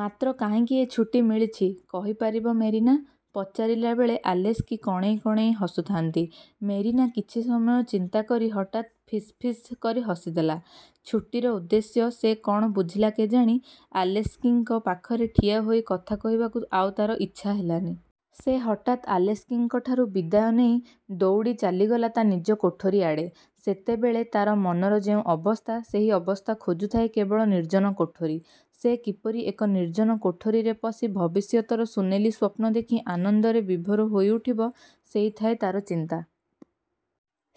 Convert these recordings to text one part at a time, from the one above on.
ମାତ୍ର କାହିଁକି ଏ ଛୁଟି ମିଳିଛି, କହିପାରିବ ମେରିନା? '' ପଚାରିଲାବେଳେ ଆଲେସ୍କି କଣେଇ କଣେଇ ହସୁଥାନ୍ତି-। ମେରିନା କିଛି ସମୟ ଚିନ୍ତା କରି ହଠାତ୍ ଫିସ୍ଫିସ୍ କରି ହସିଦେଲା। ଛୁଟିର ଉଦ୍ଦେଶ୍ୟ ସେ କ'ଣ ବୁଝିଲା କେଜାଣି, ଆଲେସ୍କିଙ୍କ ପାଖରେ ଠିଆହୋଇ କଥା କହିବାକୁ ଆଉ ତାର ଇଚ୍ଛା ହେଲାନି। ସେ ହଠାତ୍ ଆଲେସ୍କିଙ୍କଠାରୁ ବିଦାୟ ନେଇ ଦୌଡ଼ି ଚାଲିଗଲା ତା ନିଜ କୋଠରି ଆଡ଼େ। ସେତେବେଳେ ତା'ର ମନର ଯେଉଁ ଅବସ୍ଥା, ସେହି ଅବସ୍ଥା ଖୋଜୁଥାଏ କେବଳ ନିର୍ଜ୍ଜନ କୋଠରି। ସେ କିପରି ଏକ ନିର୍ଜ୍ଜନ କୋଠରିରେ ପଶି ଭବିଷ୍ୟତର ସୁନେଲି ସ୍ୱପ୍ନ ଦେଖି ଆନନ୍ଦରେ ବିଭୋର ହୋଇଉଠିବ, ସେଇ ଥାଏ ତା'ର ଚିନ୍ତା।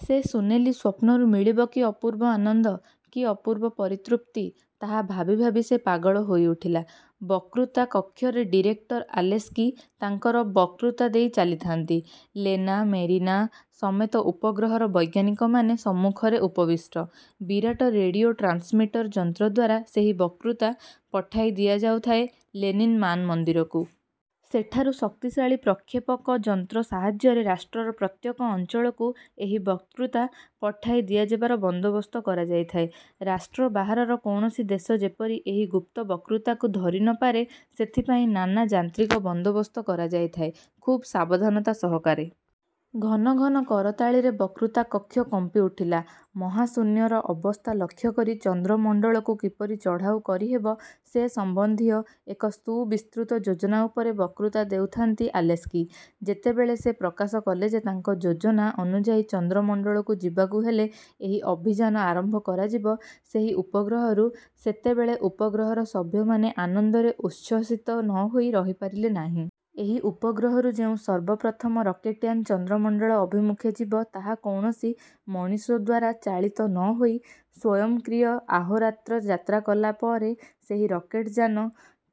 ସେ ସୁନେଲି ସ୍ୱପ୍ନରୁ ମିଳିବ କି ଅପୂର୍ବ ଆନନ୍ଦ, କି ଅପୂର୍ବ ପରିତୃପ୍ତି-ତାହା ଭାବି ଭାବି ସେ ପାଗଳ ହୋଇଉଠିଲା। ବକ୍ତୃତା କକ୍ଷରେ ଡିରେକ୍ଟର ଆଲେସ୍କି ତାଙ୍କର ବକ୍ତୃତା ଦେଇ ଚାଲିଥାନ୍ତି। ଲେନା, ମେରିନା ସମେତ ଉପଗ୍ରହର ବୈଜ୍ଞାନିକମାନେ ସମ୍ମୁଖରେ ଉପବିଷ୍ଟ। ବିରାଟ ରେଡ଼ିଓ ଟ୍ରାନ୍ସମିଟର ଯନ୍ତ୍ରଦ୍ୱାରା ସେହି ବକ୍ତୃତା ପଠାଇ ଦିଆଯାଉଥାଏ ଲେନିନ୍ ମାନମନ୍ଦିରକୁ। ସେଠାରୁ ଶକ୍ତିଶାଳୀ ପ୍ରକ୍ଷେପକ ଯନ୍ତ୍ର ସାହାଯ୍ୟରେ ରାଷ୍ଟ୍ରର ପ୍ରତ୍ୟେକ ଅଞ୍ଚଳକୁ ଏହି ବକ୍ତୃତା ପଠାଇ ଦିଆଯିବାର ବନ୍ଦୋବସ୍ତ କରାଯାଇଥାଏ। ରାଷ୍ଟ୍ର ବାହାରର କୌଣସି ଦେଶ ଯେପରି ଏହି ଗୁପ୍ତ ବକ୍ତୃତାକୁ ଧରି ନ ପାରେ, ସେଥିପାଇଁ ନାନା ଯାନ୍ତ୍ରିକ ବନ୍ଦୋବସ୍ତ କରାଯାଇଥାଏ ଖୁବ୍ ସାବଧାନତା ସହକାରେ। ଘନ ଘନ କରତାଳିରେ ବକ୍ତୃତା କକ୍ଷ କମ୍ପି ଉଠିଲା। ମହାଶୂନ୍ୟର ଅବସ୍ଥା ଲକ୍ଷ୍ୟ କରି ଚନ୍ଦ୍ରମଣ୍ଡଳକୁ କିପରି ଚଢ଼ାଉ କରିହେବ, ସେ ସମ୍ବନ୍ଧୀୟ ଏକ ସୁବିସ୍ତୃତ ଯୋଜନା ଉପରେ ବକ୍ତୃତା ଦେଉଥାନ୍ତି ଆଲେସ୍କି। ଯେତେବେଳେ ସେ ପ୍ରକାଶ କଲେ ଯେ ତାଙ୍କ ଯୋଜନା ଅନୁଯାୟୀ ଚନ୍ଦ୍ରମଣ୍ଡଳକୁ ଯିବାକୁ ହେଲେ ଏହି ଅଭିଯାନ ଆରମ୍ଭ କରାଯିବ ସେହି ଉପଗ୍ରହରୁ, ସେତେବେଳେ ଉପଗ୍ରହର ସଭ୍ୟମାନେ ଆନନ୍ଦରେ ଉଚ୍ଛ୍ୱସିତ ନ ହୋଇ ରହିପାରିଲେ ନାହିଁ। ଏହି ଉପଗ୍ରହରୁ ଯେଉଁ ସର୍ବପ୍ରଥମ ରକେଟ୍ଯାନ ଚନ୍ଦ୍ରମଣ୍ଡଳ ଅଭିମୁଖେ ଯିବ, ତାହା କୌଣସି ମଣିଷଦ୍ୱାରା ଚାଳିତ ନ ହୋଇ ସ୍ୱୟଂକ୍ରିୟ ଆହୋରାତ୍ର ଯାତ୍ରା କଲାପରେ ସେହି ରକେଟଯାନ୍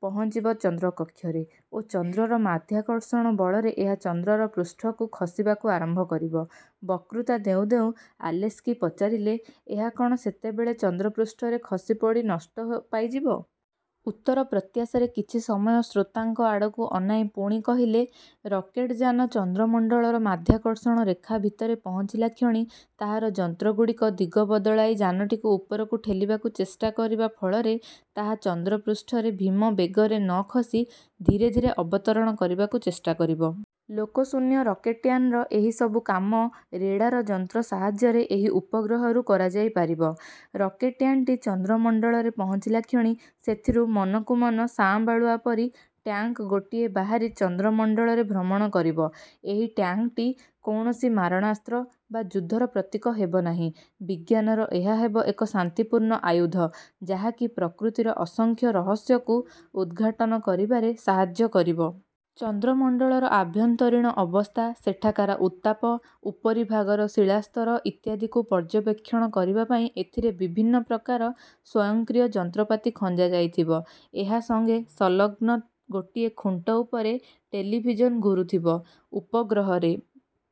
ପହଞ୍ଚିବ ଚନ୍ଦ୍ରକକ୍ଷରେ ଓ ଚନ୍ଦ୍ରର ମାଧ୍ୟାକର୍ଷଣ ବଳରେ ଏହା ଚନ୍ଦ୍ରର ପୃଷ୍ଠକୁ ଖସିବାକୁ ଆରମ୍ଭ କରିବ। ବକ୍ତୃତା ଦେଉଁ ଦେଉଁ ଆଲେସ୍କି ପଚାରିଲେ, ''ଏହା କ'ଣ ସେତେବଳେ ଚନ୍ଦ୍ରପୃଷ୍ଠରେ ଖସିପଡ଼ି ନଷ୍ଟ ପାଇଯିବ? '' ଉତ୍ତର ପ୍ରତ୍ୟାଶାରେ କିଛି ସମୟ ସ୍ରୋତାଙ୍କ ଆଡ଼କୁ ଅନାଇ ପୁଣି କହିଲେ-''ରକେଟଯାନ ଚନ୍ଦ୍ରମଣ୍ଡଳର ମାଧ୍ୟାକର୍ଷଣ ରେଖା ଭିତରେ ପହଞ୍ଚିଲାକ୍ଷଣି ତାହାର ଯନ୍ତ୍ରଗୁଡ଼ିକ ଦିଗ ବଦଳାଇ ଯାନଟିକୁ ଉପରକୁ ଠେଲିବାକୁ ଚେଷ୍ଟାକରିବା ଫଳରେ ତାହା ଚନ୍ଦ୍ରପୃଷ୍ଠରେ ଭୀମ ବେଗରେ ନ ଖସି ଧୀରେ ଧୀରେ ଅବତରଣ କରିବାକୁ ଚେଷ୍ଟା କରିବ। ଲୋକଶୂନ୍ୟ ରକେଟ୍ଯାନର ଏହିସବୁ କାମ ରେଡ଼ାର ଯନ୍ତ୍ର ସାହାଯ୍ୟରେ ଏହି ଉପଗ୍ରହରୁ କରାଯାଇପାରିବ। ''ରକେଟ୍ଯାନଟି ଚନ୍ଦ୍ରମଣ୍ଡଳରେ ପହଞ୍ଚିଲାକ୍ଷଣି ସେଥିରୁ ମନକୁମନ ସାଁବାଳୁଆ ପରି ଟ୍ୟାଙ୍କ୍ ଗୋଟିଏ ବାହାରି ଚନ୍ଦ୍ରମଣ୍ଡଳରେ ଭ୍ରମଣ କରିବ। ଏହି ଟ୍ୟାଙ୍କ୍ଟି କୌଣସି ମାରଣାସ୍ତ୍ର ବା ଯୁଦ୍ଧର ପ୍ରତୀକ ହେବ ନାହିଁ। ବିଜ୍ଞାନର ଏହା ହେବ ଏକ ଶାନ୍ତିପୂର୍ଣ୍ଣ ଆୟୁଧ; ଯାହାକି ପ୍ରକୃତିର ଅସଂଖ୍ୟ ରହସ୍ୟକୁ ଉଦ୍ଘାଟନ କରିବାରେ ସାହାଯ୍ୟ କରିବ। ଚନ୍ଦ୍ରମଣ୍ଡଳର ଆଭ୍ୟନ୍ତରୀଣ ଅବସ୍ଥା, ସେଠାକାର ଉତ୍ତାପ, ଉପରିଭାଗର ଶିଳାସ୍ତର ଇତ୍ୟାଦିକୁ ପର୍ଯ୍ୟବେକ୍ଷଣ କରିବାପାଇଁ ଏଥିରେ ବିଭିନ୍ନ ପ୍ରକାର ସ୍ୱୟଂକ୍ରିୟ ଯନ୍ତ୍ରପାତି ଖଞ୍ଜାଯାଇଥିବ। ଏହା ସଙ୍ଗେ ସଂଲଗ୍ନ ଗୋଟିଏ ଖୁଣ୍ଟ ଉପରେ ଟେଲିଭିଜନ୍ ଘୂରୁଥିବ। ଉପଗ୍ରହରେ